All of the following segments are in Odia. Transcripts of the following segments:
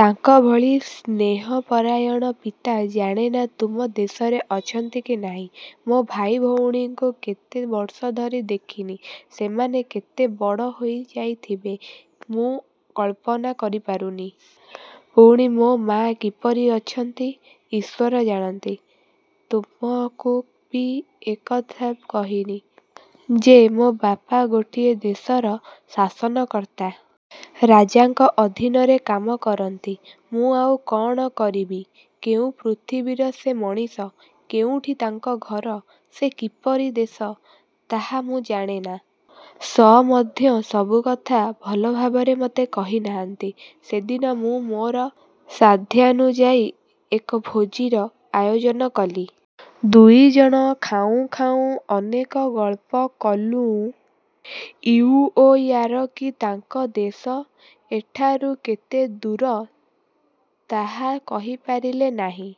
ତାଙ୍କଭଳି ସ୍ନେହପରାୟଣ ପିତା ଜାଣେନା ତୁମ ଦେଶରେ ଅଛନ୍ତି କି ନାହିଁ। ମୋ ଭାଇ ଭଉଣୀଙ୍କୁ କେତେ ବର୍ଷ ଧରି ଦେଖିନି, ସେମାନେ କେତେ ବଡ଼ ହୋଇଯାଇଥିବେ ମୁଁ କଳ୍ପନା କରିପାରୁନି। ପୁଣି ମୋ ମା' କିପରି ଅଛନ୍ତି, ଈଶ୍ୱର ଜାଣନ୍ତି। ତୁମକୁ ବି ଏକଥା କହିନି ଯେ, ମୋ ବାପା ଗୋଟିଏ ଦେଶର ଶାସନକର୍ତ୍ତା। ରାଜାଙ୍କ ଅଧୀନରେ କାମ କରନ୍ତି। '' ମୁଁ ଆଉ କ'ଣ କରିବି? କେଉଁ ପୃଥିବୀର ସେ ମଣିଷ, କେଉଁଠି ତାଙ୍କ ଘର, ସେ କିପରି ଦେଶ, ତାହା ମୁଁ ଜାଣେନା। ସ ମଧ୍ୟ ସବୁକଥା ଭଲଭାବରେ ମୋତେ କହିନାହାନ୍ତି। ସେଦିନ ମୁଁ ମୋର ସାଧ୍ୟାନୁଯାୟୀ ଏକ ଭୋଜୀର ଆୟୋଜନ କଲି। ଦୁଇଜଣ ଖାଉଁ ଖାଉଁ ଅନେକ ଗଳ୍ପ କଲୁଁ। ଇଉଓୟାରକି ତାଙ୍କ ଦେଶ ଏଠାରୁ କେତେଦୂର ତାହା କହିପାରିଲେ ନାହିଁ,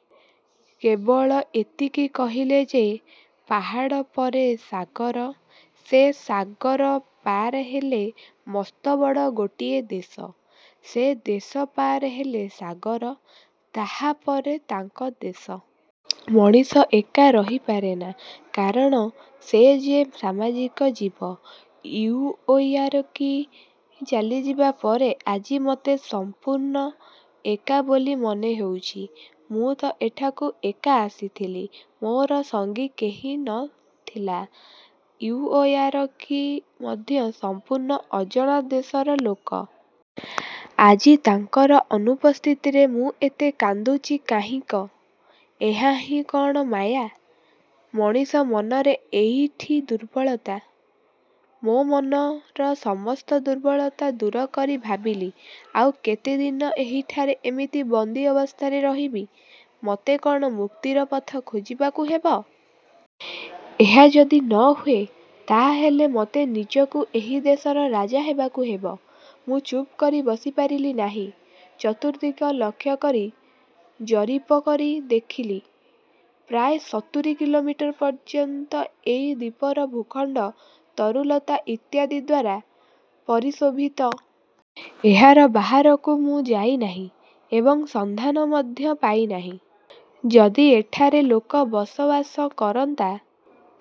କେବଳ ଏତିକି କହିଲେ ଯେ, ପାହାଡ଼ ପରେ ସାଗର, ସେ ସାଗର ପାର ହେଲେ ମସ୍ତବଡ଼ ଗୋଟିଏ ଦେଶ, ସେ ଦେଶ ପାର ହେଲେ ସାଗର, ତାହାପରେ ତାଙ୍କ ଦେଶ। ମଣିଷ ଏକା ରହିପାରେନା। କାରଣ ସେ ଯେ ସାମାଜିକ ଜୀବ। ଇଉଓୟାରକି ଚାଲିଯିବା ପରେ ଆଜି ମୋତେ ସମ୍ପୂର୍ଣ୍ଣ ଏକା ବୋଲି ମନେହେଉଛି। ମୁଁ ତ ଏଠାକୁ ଏକା ଆସିଥିଲି, ମୋର ସଙ୍ଗୀ କେହି ନ ଥିଲା ଇଉଓୟାରକି ମଧ୍ୟ ସମ୍ପୂର୍ଣ୍ଣ ଅଜଣା ଦେଶର ଲୋକ। ଆଜି ତାଙ୍କର ଅନୁପସ୍ଥିତିରେ ମୁଁ ଏତେ କାନ୍ଦୁଛି କାହିଁକ? ଏହାହିଁ କ'ଣ ମାୟା? ମଣିଷ ମନର ଏଇଠି ଦୁର୍ବଳତା। ମୋ ମନର ସମସ୍ତ ଦୁର୍ବଳତା ଦୂର କରି ଭାବିଲି, ଆଉ କେତେଦିନ ଏହିଠାରେ ଏମିତି ବନ୍ଦୀ ଅବସ୍ଥାରେ ରହିବି। ମୋତେ କ'ଣ ମୁକ୍ତିର ପଥ ଖୋଜିବାକୁ ହେବ? ଏହା ଯଦି ନ ହୁଏ, ତାହାହେଲେ ମୋତେ ନିଜକୁ ଏହି ଦେଶର ରାଜା ହେବାକୁ ହେବ-। ମୁଁ ଚୁପ୍ କରି ବସିପାରିଲି ନାହିଁ। ଚତୁର୍ଦ୍ଦିଗ ଲକ୍ଷ୍ୟ କରି ଜରିପ କରି ଦେଖିଲି ପ୍ରାୟ ସତୁରୀ କିଲୋମିଟର ପର୍ଯ୍ୟନ୍ତ ଏଇ ଦ୍ୱୀପର ଭୂଖଣ୍ଡ ତରୁଲତା ଇତ୍ୟାଦିଦ୍ୱାରା ପରିଶୋଭିତ। ଏହାର ବାହାରକୁ ମୁଁ ଯାଇ ନାହିଁ ଏବଂ ସନ୍ଧାନ ମଧ୍ୟ ପାଇ ନାହିଁ। ଯଦି ଏଠାରେ ଲୋକ ବସବାସ କରନ୍ତା,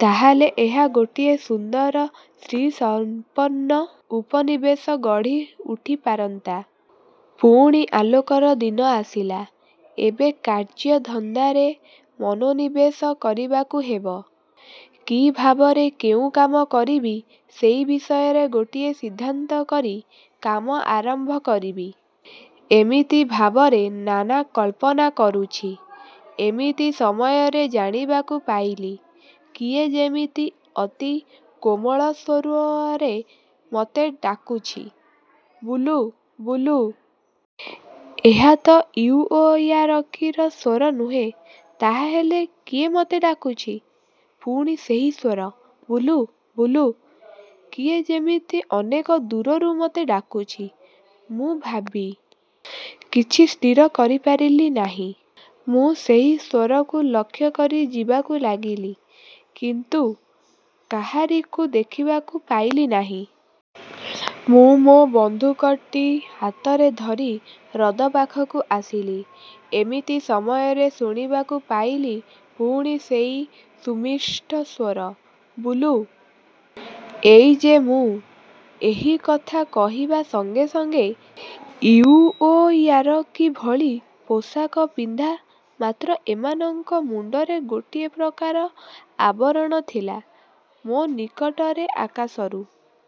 ତାହାହେଲେ ଏହା ଗୋଟିଏ ସୁନ୍ଦର ଶ୍ରୀସମ୍ପନ୍ନ ଉପନିବେଶ ଗଢ଼ି ଉଠିପାରନ୍ତା। ପୁଣି ଆଲୋକର ଦିନ ଆସିଲା, ଏବେ କାର୍ଯ୍ୟଧନ୍ଦାରେ ମନୋନିବେଶ କରିବାକୁ ହେବ-। କି ଭାବରେ କେଉଁ କାମ କରିବି, ସେଇ ବିଷୟରେ ଗୋଟିଏ ସିଦ୍ଧାନ୍ତ କରି କାମ ଆରମ୍ଭ କରିବି-ଏମିତି ଭାବରେ ନାନା କଳ୍ପନା କରୁଛି, ଏମିତି ସମୟରେ ଜାଣିବାକୁ ପାଇଲି, କିଏ ଯେମିତି ଅତି କୋମଳ ସ୍ୱରରେ ମୋତେ ଡାକୁଛି-''ବୁଲୁ, ବୁଲୁ! '' ଏହା ତ ଇଉଓୟାରକିର ସ୍ୱର ନୁହେଁ, ତାହାହେଲେ କିଏ ମୋତେ ଡାକୁଛି? ପୁଣି ସେଇ ସ୍ୱର,-''ବୁଲୁ, ବୁଲୁ '' କିଏ ଯେମିତି ଅନେକ ଦୂରରୁ ମୋତେ ଡାକୁଛି। ମୁଁ ଭାବି। କିଛି ସ୍ଥିର କରିପାରିଲି ନାହିଁ। ମୁଁ ସେଇ ସ୍ୱରକୁ ଲକ୍ଷ୍ୟ କରି ଯିବାକୁ ଲାଗିଲି; କିନ୍ତୁ କାହାରିକୁ ଦେଖିବାକୁ ପାଇଲି ନାହିଁ-। ମୁଁ ମୋ ବନ୍ଧୁକଟି ହାତରେ ଧରି ହ୍ରଦ ପାଖକୁ ଆସିଲି। ଏମିତି ସମୟରେ ଶୁଣିବାକୁ ପାଇଲି, ପୁଣି ସେଇ ସୁମିଷ୍ଟ ସ୍ୱର-''ବୁଲୁ ''. ''ଏଇ ଯେ ମୁଁ। '' ଏହି କଥା କହିବା ସଙ୍ଗେ ସଙ୍ଗେ ଇଉଓୟାରକିଭଳି ପୋଷାକ ପିନ୍ଧା; ମାତ୍ର ଏମାନଙ୍କ ମୁଣ୍ଡରେ ଗୋଟିଏ ପ୍ରକାର ଆବରଣ ଥିଲା-ମୋ ନିକଟରେ ଆକାଶରୁ